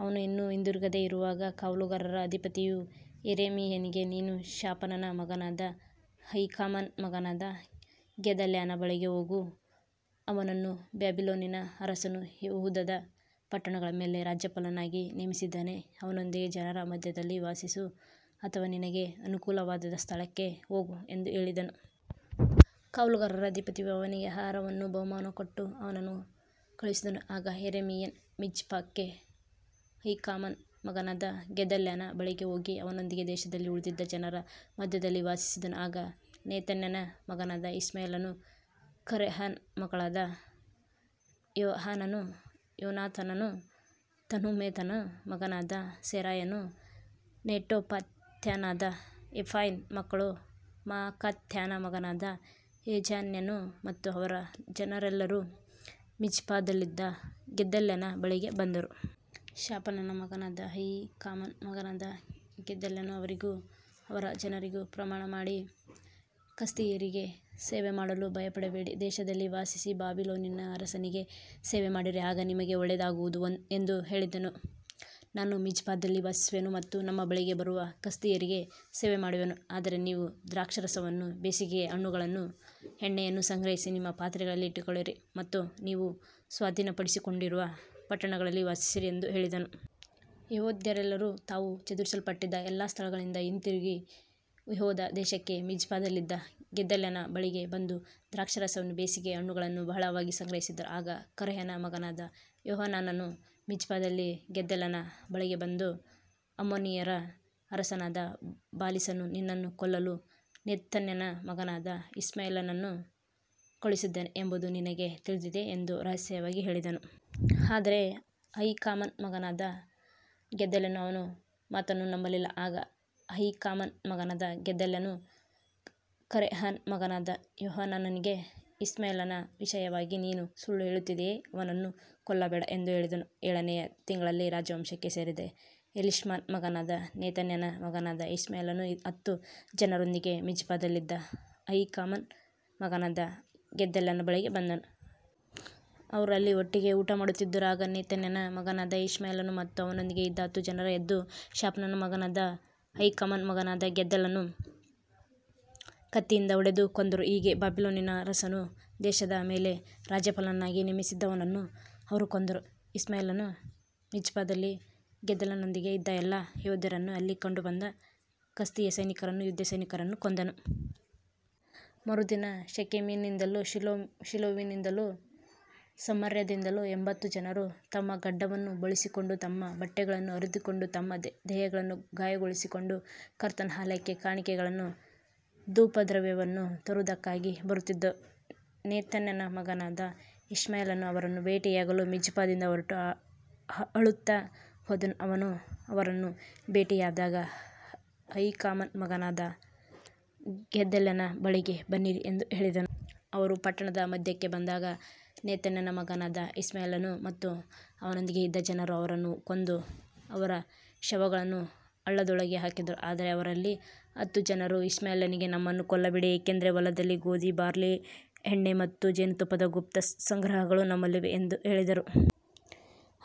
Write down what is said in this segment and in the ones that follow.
ಅವನು ಇನ್ನೂ ಹಿಂದಿರುಗದೆ ಇರುವಾಗ, ಕಾವಲುಗಾರರ ಅಧಿಪತಿಯು ಯೆರೆಮೀಯನಿಗೆ, ನೀನು ಶಾಫಾನನ ಮಗನಾದ ಅಹೀಕಾಮನ ಮಗನಾದ ಗೆದಲ್ಯನ ಬಳಿಗೆ ಹೋಗು, ಅವನನ್ನು ಬಾಬಿಲೋನಿನ ಅರಸನು ಯೆಹೂದದ ಪಟ್ಟಣಗಳ ಮೇಲೆ ರಾಜ್ಯಪಾಲನನ್ನಾಗಿ ನೇಮಿಸಿದ್ದಾನೆ, ಅವನೊಂದಿಗೆ ಜನರ ಮಧ್ಯದಲ್ಲಿ ವಾಸಿಸು, ಅಥವಾ ನಿನಗೆ ಅನುಕೂಲಕರವಾದ ಸ್ಥಳಕ್ಕೆ ಹೋಗು ಎಂದು ಹೇಳಿದನು. ಕಾವಲುಗಾರರ ಅಧಿಪತಿಯು ಅವನಿಗೆ ಆಹಾರವನ್ನೂ ಬಹುಮಾನವನ್ನೂ ಕೊಟ್ಟು ಅವನನ್ನು ಕಳುಹಿಸಿದನು. ಆಗ ಯೆರೆಮೀಯನು ಮಿಜ್ಪಾಕ್ಕೆ ಅಹೀಕಾಮನ ಮಗನಾದ ಗೆದಲ್ಯನ ಬಳಿಗೆ ಹೋಗಿ, ಅವನೊಂದಿಗೆ ದೇಶದಲ್ಲಿ ಉಳಿದಿದ್ದ ಜನರ ಮಧ್ಯದಲ್ಲಿ ವಾಸಿಸಿದನು. ಆಗ ನೆತನ್ಯನ ಮಗನಾದ ಇಷ್ಮಾಯೇಲನು, ಕರೇಹನ ಮಕ್ಕಳಾದ ಯೋಹಾನಾನನೂ ಯೋನಾತಾನನೂ, ತನ್ಹುಮೆತನ ಮಗನಾದ ಸೆರಾಯನು, ನೆಟೋಫಾತ್ಯನಾದ ಎಫೈನ ಮಕ್ಕಳು, ಮಾಕಾತ್ಯನ ಮಗನಾದ ಯೆಜಾನ್ಯನು ಮತ್ತು ಅವರ ಜನರೆಲ್ಲರೂ ಮಿಜ್ಪಾದಲ್ಲಿದ್ದ ಗೆದಲ್ಯನ ಬಳಿಗೆ ಬಂದರು. ಶಾಫಾನನ ಮಗನಾದ ಅಹೀಕಾಮನ ಮಗನಾದ ಗೆದಲ್ಯನು ಅವರಿಗೂ ಅವರ ಜನರಿಗೂ ಪ್ರಮಾಣಮಾಡಿ, ಕಸ್ದೀಯರಿಗೆ ಸೇವೆಮಾಡಲು ಭಯಪಡಬೇಡಿ, ದೇಶದಲ್ಲಿ ವಾಸಿಸಿ ಬಾಬಿಲೋನಿನ ಅರಸನಿಗೆ ಸೇವೆಮಾಡಿರಿ, ಆಗ ನಿಮಗೆ ಒಳ್ಳೆಯದಾಗುವುದು ಎಂದು ಹೇಳಿದನು. ನಾನು ಮಿಜ್ಪಾದಲ್ಲಿ ವಾಸಿಸುವೆನು ಮತ್ತು ನಮ್ಮ ಬಳಿಗೆ ಬರುವ ಕಸ್ದೀಯರಿಗೆ ಸೇವೆಮಾಡುವೆನು, ಆದರೆ ನೀವು ದ್ರಾಕ್ಷಾರಸವನ್ನೂ ಬೇಸಿಗೆಯ ಹಣ್ಣುಗಳನ್ನೂ ಎಣ್ಣೆಯನ್ನೂ ಸಂಗ್ರಹಿಸಿ ನಿಮ್ಮ ಪಾತ್ರೆಗಳಲ್ಲಿ ಇಟ್ಟುಕೊಳ್ಳಿರಿ ಮತ್ತು ನೀವು ಸ್ವಾಧೀನಪಡಿಸಿಕೊಂಡಿರುವ ಪಟ್ಟಣಗಳಲ್ಲಿ ವಾಸಿಸಿರಿ ಎಂದು ಹೇಳಿದನು. ಯೆಹೂದ್ಯರೆಲ್ಲರೂ ತಾವು ಚದುರಿಸಲ್ಪಟ್ಟಿದ್ದ ಎಲ್ಲಾ ಸ್ಥಳಗಳಿಂದ ಹಿಂದಿರುಗಿ ಯೆಹೂದ ದೇಶಕ್ಕೆ, ಮಿಜ್ಪಾದಲ್ಲಿದ್ದ ಗೆದಲ್ಯನ ಬಳಿಗೆ ಬಂದು, ದ್ರಾಕ್ಷಾರಸವನ್ನೂ ಬೇಸಿಗೆಯ ಹಣ್ಣುಗಳನ್ನೂ ಬಹಳವಾಗಿ ಸಂಗ್ರಹಿಸಿದರು. ಆಗ ಕರೇಹನ ಮಗನಾದ ಯೋಹಾನಾನನು ಮಿಜ್ಪಾದಲ್ಲಿ ಗೆದಲ್ಯನ ಬಳಿಗೆ ಬಂದು, ಅಮ್ಮೋನಿಯರ ಅರಸನಾದ ಬಾಲೀಸನು ನಿನ್ನನ್ನು ಕೊಲ್ಲಲು ನೆತನ್ಯನ ಮಗನಾದ ಇಷ್ಮಾಯೇಲನನ್ನು ಕಳುಹಿಸಿದ್ದಾನೆ ಎಂಬುದು ನಿನಗೆ ತಿಳಿದಿದೆಯೇ ಎಂದು ರಹಸ್ಯವಾಗಿ ಹೇಳಿದನು. ಆದರೆ ಅಹೀಕಾಮನ ಮಗನಾದ ಗೆದಲ್ಯನು ಅವನ ಮಾತನ್ನು ನಂಬಲಿಲ್ಲ. ಆಗ ಅಹೀಕಾಮನ ಮಗನಾದ ಗೆದಲ್ಯನು ಕರೇಹನ ಮಗನಾದ ಯೋಹಾನಾನನಿಗೆ, ಇಷ್ಮಾಯೇಲನ ವಿಷಯವಾಗಿ ನೀನು ಸುಳ್ಳು ಹೇಳುತ್ತಿದ್ದೀಯೆ, ಅವನನ್ನು ಕೊಲ್ಲಬೇಡ ಎಂದು ಹೇಳಿದನು. ಏಳನೆಯ ತಿಂಗಳಲ್ಲಿ ರಾಜವಂಶಕ್ಕೆ ಸೇರಿದ ಎಲೀಷಾಮನ ಮಗನಾದ ನೆತನ್ಯನ ಮಗನಾದ ಇಷ್ಮಾಯೇಲನು ಹತ್ತು ಜನರೊಂದಿಗೆ ಮಿಜ್ಪಾದಲ್ಲಿದ್ದ ಅಹೀಕಾಮನ ಮಗನಾದ ಗೆದಲ್ಯನ ಬಳಿಗೆ ಬಂದನು. ಅವರು ಅಲ್ಲಿ ಒಟ್ಟಿಗೆ ಊಟಮಾಡುತ್ತಿದ್ದರು. ಆಗ ನೆತನ್ಯನ ಮಗನಾದ ಇಷ್ಮಾಯೇಲನು ಮತ್ತು ಅವನೊಂದಿಗೆ ಇದ್ದ ಹತ್ತು ಜನರು ಎದ್ದು, ಶಾಫಾನನ ಮಗನಾದ ಅಹೀಕಾಮನ ಮಗನಾದ ಗೆದಲ್ಯನನ್ನು ಕತ್ತಿಯಿಂದ ಹೊಡೆದು ಕೊಂದರು. ಹೀಗೆ ಬಾಬಿಲೋನಿನ ಅರಸನು ದೇಶದ ಮೇಲೆ ರಾಜ್ಯಪಾಲನನ್ನಾಗಿ ನೇಮಿಸಿದ್ದವನನ್ನು ಅವರು ಕೊಂದರು. ಇಷ್ಮಾಯೇಲನು ಮಿಜ್ಪಾದಲ್ಲಿ ಗೆದಲ್ಯನೊಂದಿಗೆ ಇದ್ದ ಎಲ್ಲಾ ಯೆಹೂದ್ಯರನ್ನೂ, ಅಲ್ಲಿ ಕಂಡುಬಂದ ಕಸ್ದೀಯ ಸೈನಿಕರನ್ನೂ ಯುದ್ಧಸೈನಿಕರನ್ನೂ ಕೊಂದನು. ಮರುದಿನ ಶೆಕೆಮಿನಿಂದಲೂ, ಶೀಲೋವಿನಿಂದಲೂ, ಸಮಾರ್ಯದಿಂದಲೂ ಎಂಭತ್ತು ಜನರು ತಮ್ಮ ಗಡ್ಡವನ್ನು ಬೋಳಿಸಿಕೊಂಡು, ತಮ್ಮ ಬಟ್ಟೆಗಳನ್ನು ಹರಿದುಕೊಂಡು, ತಮ್ಮ ದೇಹಗಳನ್ನು ಗಾಯಗೊಳಿಸಿಕೊಂಡು, ಕರ್ತನ ಆಲಯಕ್ಕೆ ಕಾಣಿಕೆಗಳನ್ನೂ ಧೂಪದ್ರವ್ಯವನ್ನೂ ತರುವುದಕ್ಕಾಗಿ ಬರುತ್ತಿದ್ದರು. ನೆತನ್ಯನ ಮಗನಾದ ಇಷ್ಮಾಯೇಲನು ಅವರನ್ನು ಭೇಟಿಯಾಗಲು ಮಿಜ್ಪಾದಿಂದ ಹೊರಟು ಅಳುತ್ತಾ ಹೋದನು. ಅವನು ಅವರನ್ನು ಭೇಟಿಯಾದಾಗ, ಅಹೀಕಾಮನ ಮಗನಾದ ಗೆದಲ್ಯನ ಬಳಿಗೆ ಬನ್ನಿರಿ ಎಂದು ಹೇಳಿದನು. ಅವರು ಪಟ್ಟಣದ ಮಧ್ಯಕ್ಕೆ ಬಂದಾಗ, ನೆತನ್ಯನ ಮಗನಾದ ಇಷ್ಮಾಯೇಲನು ಮತ್ತು ಅವನೊಂದಿಗೆ ಇದ್ದ ಜನರು ಅವರನ್ನು ಕೊಂದು, ಅವರ ಶವಗಳನ್ನು ಹಳ್ಳದೊಳಗೆ ಹಾಕಿದರು. ಆದರೆ ಅವರಲ್ಲಿ ಹತ್ತು ಜನರು ಇಷ್ಮಾಯೇಲನಿಗೆ, ನಮ್ಮನ್ನು ಕೊಲ್ಲಬೇಡ, ಏಕೆಂದರೆ ಹೊಲದಲ್ಲಿ ಗೋಧಿ, ಬಾರ್ಲಿ, ಎಣ್ಣೆ ಮತ್ತು ಜೇನುತುಪ್ಪದ ಗುಪ್ತ ಸಂಗ್ರಹಗಳು ನಮ್ಮಲ್ಲಿವೆ ಎಂದು ಹೇಳಿದರು.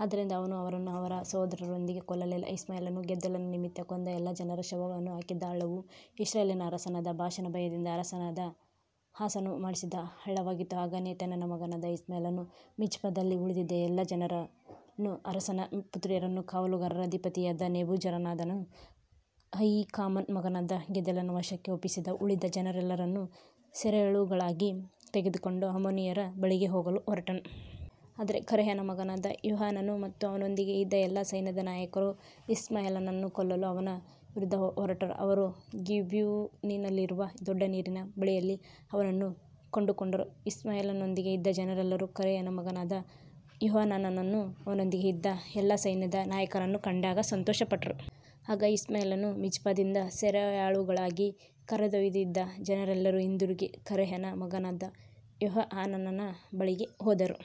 ಆದ್ದರಿಂದ ಅವನು ಅವರನ್ನು ಅವರ ಸಹೋದರರೊಂದಿಗೆ ಕೊಲ್ಲಲಿಲ್ಲ. ಇಷ್ಮಾಯೇಲನು ಗೆದಲ್ಯನ ನಿಮಿತ್ತ ಕೊಂದ ಎಲ್ಲಾ ಜನರ ಶವಗಳನ್ನು ಹಾಕಿದ್ದ ಹಳ್ಳವು ಇಸ್ರಾಯೇಲಿನ ಅರಸನಾದ ಬಾಷನ ಭಯದಿಂದ ಅರಸನಾದ ಆಸನು ಮಾಡಿಸಿದ್ದ ಹಳ್ಳವಾಗಿತ್ತು. ಆಗ ನೆತನ್ಯನ ಮಗನಾದ ಇಷ್ಮಾಯೇಲನು ಮಿಜ್ಪಾದಲ್ಲಿ ಉಳಿದಿದ್ದ ಎಲ್ಲಾ ಜನರನ್ನೂ, ಅರಸನ ಪುತ್ರಿಯರನ್ನೂ, ಕಾವಲುಗಾರರ ಅಧಿಪತಿಯಾದ ನೆಬೂಜರದಾನನು ಅಹೀಕಾಮನ ಮಗನಾದ ಗೆದಲ್ಯನ ವಶಕ್ಕೆ ಒಪ್ಪಿಸಿದ್ದ ಉಳಿದ ಜನರೆಲ್ಲರನ್ನೂ ಸೆರೆಯಾಳುಗಳಾಗಿ ತೆಗೆದುಕೊಂಡು, ಅಮ್ಮೋನಿಯರ ಬಳಿಗೆ ಹೋಗಲು ಹೊರಟನು. ಆದರೆ ಕರೇಹನ ಮಗನಾದ ಯೋಹಾನಾನನು ಮತ್ತು ಅವನೊಂದಿಗೆ ಇದ್ದ ಎಲ್ಲಾ ಸೈನ್ಯದ ನಾಯಕರು ಇಷ್ಮಾಯೇಲನನ್ನು ಕೊಲ್ಲಲು ಅವನ ವಿರುದ್ಧ ಹೊರಟರು. ಅವರು ಗಿಬ್ಯೋನಿನಲ್ಲಿರುವ ದೊಡ್ಡ ನೀರಿನ ಬಳಿಯಲ್ಲಿ ಅವನನ್ನು ಕಂಡುಕೊಂಡರು. ಇಷ್ಮಾಯೇಲನೊಂದಿಗೆ ಇದ್ದ ಜನರೆಲ್ಲರೂ ಕರೇಹನ ಮಗನಾದ ಯೋಹಾನಾನನನ್ನೂ ಅವನೊಂದಿಗೆ ಇದ್ದ ಎಲ್ಲಾ ಸೈನ್ಯದ ನಾಯಕರನ್ನೂ ಕಂಡಾಗ ಸಂತೋಷಪಟ್ಟರು. ಆಗ ಇಷ್ಮಾಯೇಲನು ಮಿಜ್ಪಾದಿಂದ ಸೆರೆಯಾಳುಗಳಾಗಿ ಕರೆದೊಯ್ದಿದ್ದ ಜನರೆಲ್ಲರೂ ಹಿಂದಿರುಗಿ ಕರೇಹನ ಮಗನಾದ ಯೋಹಾನಾನನ ಬಳಿಗೆ ಹೋದರು.